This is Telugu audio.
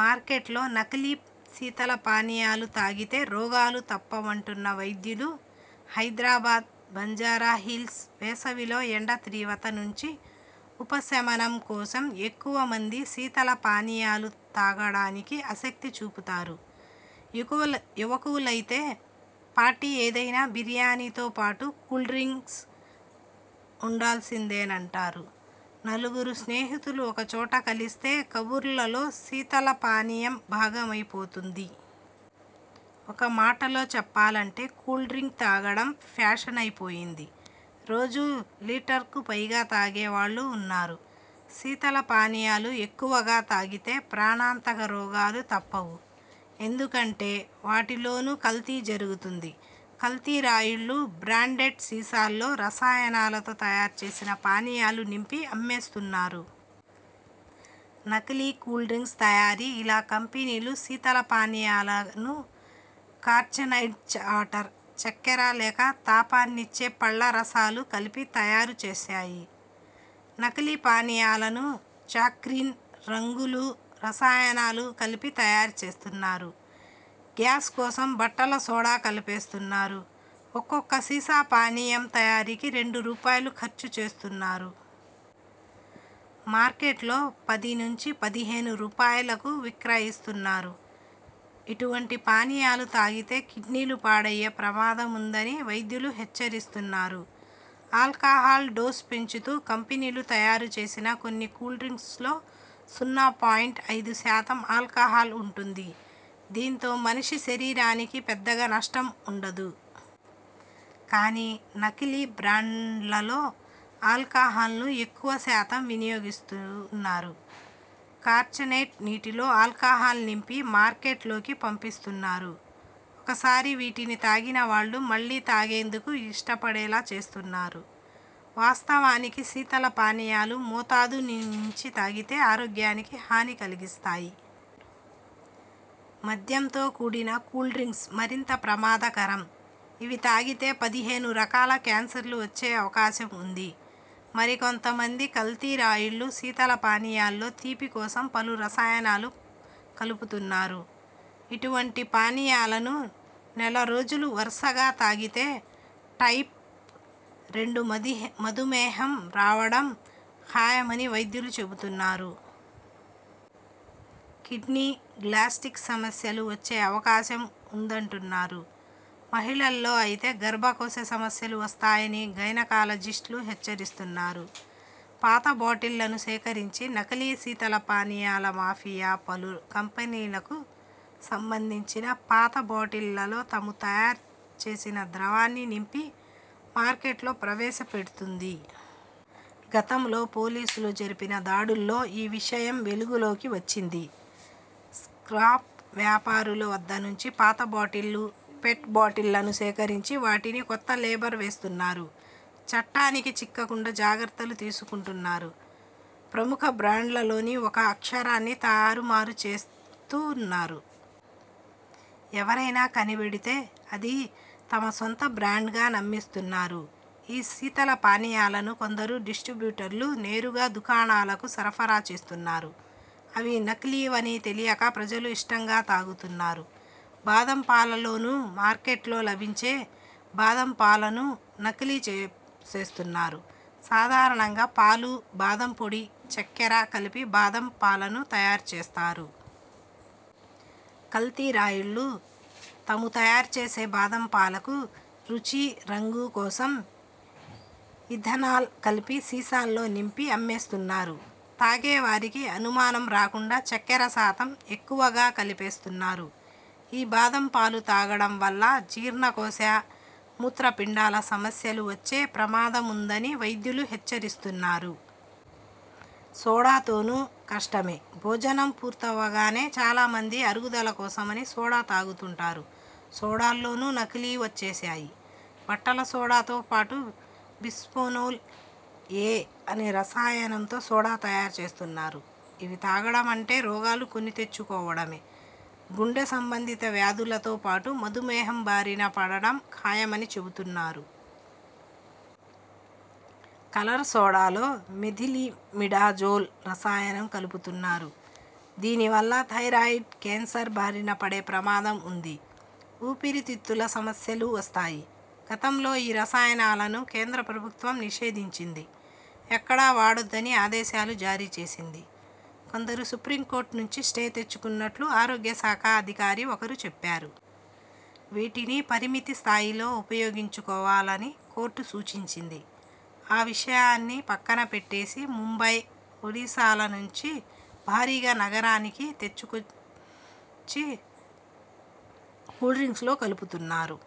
మార్కెట్లో నకిలీ శీతల పానీయాలు తాగితే రోగాలు తప్పవంటున్న వైద్యులు హైదరాబాద్, బంజారాహిల్స్ వేసవిలో ఎండ తీవ్రత నుంచి ఉపశమనం కోసం ఎక్కువ మంది శీతల పానీయాలు తాగడానికి ఆసక్తి చూపుతారు. యుకువ యువకులైతే పార్టీ ఏదైనా బిర్యానీతో పాటు కూల్డ్రింక్స్ ఉండా ల్సిందేనంటారు. నలుగురు స్నేహితులు ఒకచోట కలిస్తే కబుర్లలో శీతల పానీయం భాగమైపోతుంది. ఒక్క మాటలో చెప్పాలంటే కూల్డ్రింక్ తాగడం ఫ్యాషనైపోయింది. రోజూ లీటర్కు పైగా తాగే వాళ్లూ ఉన్నారు. శీతల పానీయాలు ఎక్కువగా తాగితే ప్రాణాంతక రోగాలు తప్పవు. ఎందుకంటే వాటి లోనూ కల్తీ జరుగుతుంది. కల్తీ రాయుళ్లు బ్రాండెడ్ సీసాల్లో రసాయనాలతో తయారు చేసిన పానీయాలు నింపి అమ్మేస్తున్నారు. నకిలీ కూల్డ్రింక్స్ తయారీ ఇలా కంపెనీలు శీతల పానీయాలను కార్చనైజ్డ్ ఆటర్, చక్కెర లేకా తీపినిచ్చే పళ్ల రసాలు కలిపి తయారు చేస్తాయి. నకిలీ పానీయాలను చాక్రీన్, రంగులు, రసాయనాలు కలిపి తయారు చేస్తున్నారు. గ్యాస్ కోసం బట్టల సోడా కలిపేస్తున్నారు. ఒక్కొక్క సీసా పానీయం తయారీకి రెండు రూపాయలు ఖర్చు చేస్తున్నారు. మార్కెట్లో పది నుంచి పదిహేను రూపాయలకు విక్రయిస్తున్నారు. ఇటువంటి పానీయాలు తాగితే కిడ్నీలు పాడయ్యే ప్రమాదముందని వైద్యులు హెచ్చరిస్తున్నారు. ఆల్కహాల్ డోసు పెంచుతూ కంపెనీలు తయారు చేసిన కొన్ని కూల్డ్రింక్స్లో సున్నా పాయింట్ ఐదు శాతం ఆల్కహాల్ ఉంటుంది. దీంతో మనిషి శరీరానికి పెద్దగా నష్టం ఉండదు. కానీ నకిలీ బ్రాండ్లలో ఆల్కహాల్ను ఎక్కువ శాతం వినియోగిస్తు ఉన్నారు. కార్చనేట్ నీటిలో ఆల్కహాల్ నింపి మార్కెట్ లోకి పంపిస్తున్నారు. ఒకసారి వీటిని తాగిన వాళ్లు మళ్లీ తాగేందుకు ఇష్టపడేలా చేస్తున్నారు. వాస్త వానికి శీతల పానీయాలు మోతాదు ను మించి తాగితే ఆరోగ్యానికి హాని కలిగిస్తాయి. మద్యంతో కూడిన కూల్డ్రింక్స్ మరింత ప్రమాదకరం. ఇవి తాగితే పదిహేను రకాల కేన్సర్లు వచ్చే అవకాశం ఉంది. మరికొంత మంది కల్తీ రాయుళ్లు శీతల పానీయాల్లో తీపి కోసం పలు రసాయనాలు కలుపుతున్నారు. ఇటువంటి పానీయాలను నెల రోజులు వరుసగా తాగితే టైప్ రెండు మది మధుమేహం రావడం ఖాయమని వైద్యులు చెబుతున్నారు. కిడ్నీ, గ్లాస్ట్రిక్ సమస్యలూ వచ్చే అవకాశం ఉందంటున్నారు. మహిళల్లో అయితే గర్భకోశ సమస్యలు వస్తాయని గైనకాలజిస్ట్లు హెచ్చరిస్తున్నారు. పాత బాటిళ్లను సేకరించి, నకిలీ శీతల పానీయాల మాఫియా పలు కంపెనీలకు సంబంధించిన పాత బాటిళ్లలో తాము తయారు చేసిన ద్రవాన్ని నింపి మార్కెట్లో ప్రవేశ పెడుతోంది. గతంలో పోలీసులు జరిపిన దాడుల్లో ఈ విషయం వెలుగులోకి వచ్చింది. స్క్రాప్ వ్యాపారులు వద్ద నుంచి పాత బాటిళ్లు, పెట్ బాటిళ్లను సేకరించి వాటికి కొత్త లేబర్ వేస్తున్నారు. చట్టానికి చిక్క కుండా జాగ్రత్తలు తీసుకుంటున్నారు. ప్రముఖ బ్రాండ్లలోని ఒక అక్షరాన్ని తారు మారు చేస్తు ఉన్నారు. ఎవరైనా కనిబెడితే అది తమ సొంత బ్రాండ్గా నమ్మిస్తున్నారు. ఈ శీతల పానీయాలను కొందరు డిస్ట్రీ బ్యూటర్లు నేరుగా దుకాణాలకు సరఫరా చేస్తున్నారు. అవి నకిలీవని తెలియక ప్రజలు ఇష్టంగా తాగుతున్నారు. బాదం పాలలోనూ, మార్కెట్లో లభించే బాదం పాలనూ నకిలీ చే చేసేస్తున్నారు. సాధారణంగా పాలు, బాదం పొడి, చక్కెర కలిపి బాదం పాలను తయారు చేస్తారు. కల్తీ రాయుళ్లు తాము తయారు చేసే బాదం పాలకు రుచి, రంగు కోసం ఇథనాల్ కలిపి సీసాల్లో నింపి అమ్మేస్తున్నారు. తాగే వారికి అనుమానం రాకుండా చక్కెర శాతం ఎక్కువగా కలిపేస్తున్నారు. ఈ బాదం పాలు తాగడం వల్ల జీర్ణగోశ, మూత్ర పిండాల సమస్యలు వచ్చే ప్రమాదముందని వైద్యులు హెచ్చరిస్తున్నారు. సోడాతోనూ కష్టమే, భోజనం పూర్తవగానే చాలా మంది అరుగుదల కోసమని సోడా తాగుతుంటారు. సోడాల్లోనూ నకిలీ వచ్చేశాయి. బట్టల సోడాతో పాటు బిస్ఫినోల్, ఎ అనే రసాయనంతో సోడా తయారు చేస్తున్నారు. ఇవి తాగడ మంటే రోగాలు కొనితెచ్చు కోవడమే. గుండె సంబంధిత వ్యాధులతో పాటు మధుమేహం బారిన పడడం ఖాయమని చెబుతు న్నారు. కలర్ సోడాలో మెథిలిమిడాజోల్ రసాయనం కలుపుతున్నారు. దీనివల్ల థైరాయిడ్, కేన్సర్ బారిన పడే ప్రమాదం ఉంది. ఊపిరి తిత్తుల సమస్యలూ వస్తాయి. గతంలో ఈ రసాయనాలను కేంద్ర ప్రభుత్వం నిషేధించింది. ఎక్కడా వాడొద్దని ఆదేశాలూ జారీ చేసింది. కొందరు సుప్రీంకోర్టు నుంచి స్టే తెచ్చుకున్నట్లు ఆరోగ్య శాఖ అధికారి ఒకరు చెప్పారు. వీటిని పరిమితి స్థాయిలో ఉపయో గించుకోవాలని కోర్టు సూచించింది. ఆ విషయాన్ని పక్కన పెట్టేసి ముంబై, ఒడిశాల నుం చి భారీగా నగరానికి తెచ్చికొచ్చి కూల్డ్రింక్స్లో కలుపుతున్నారు.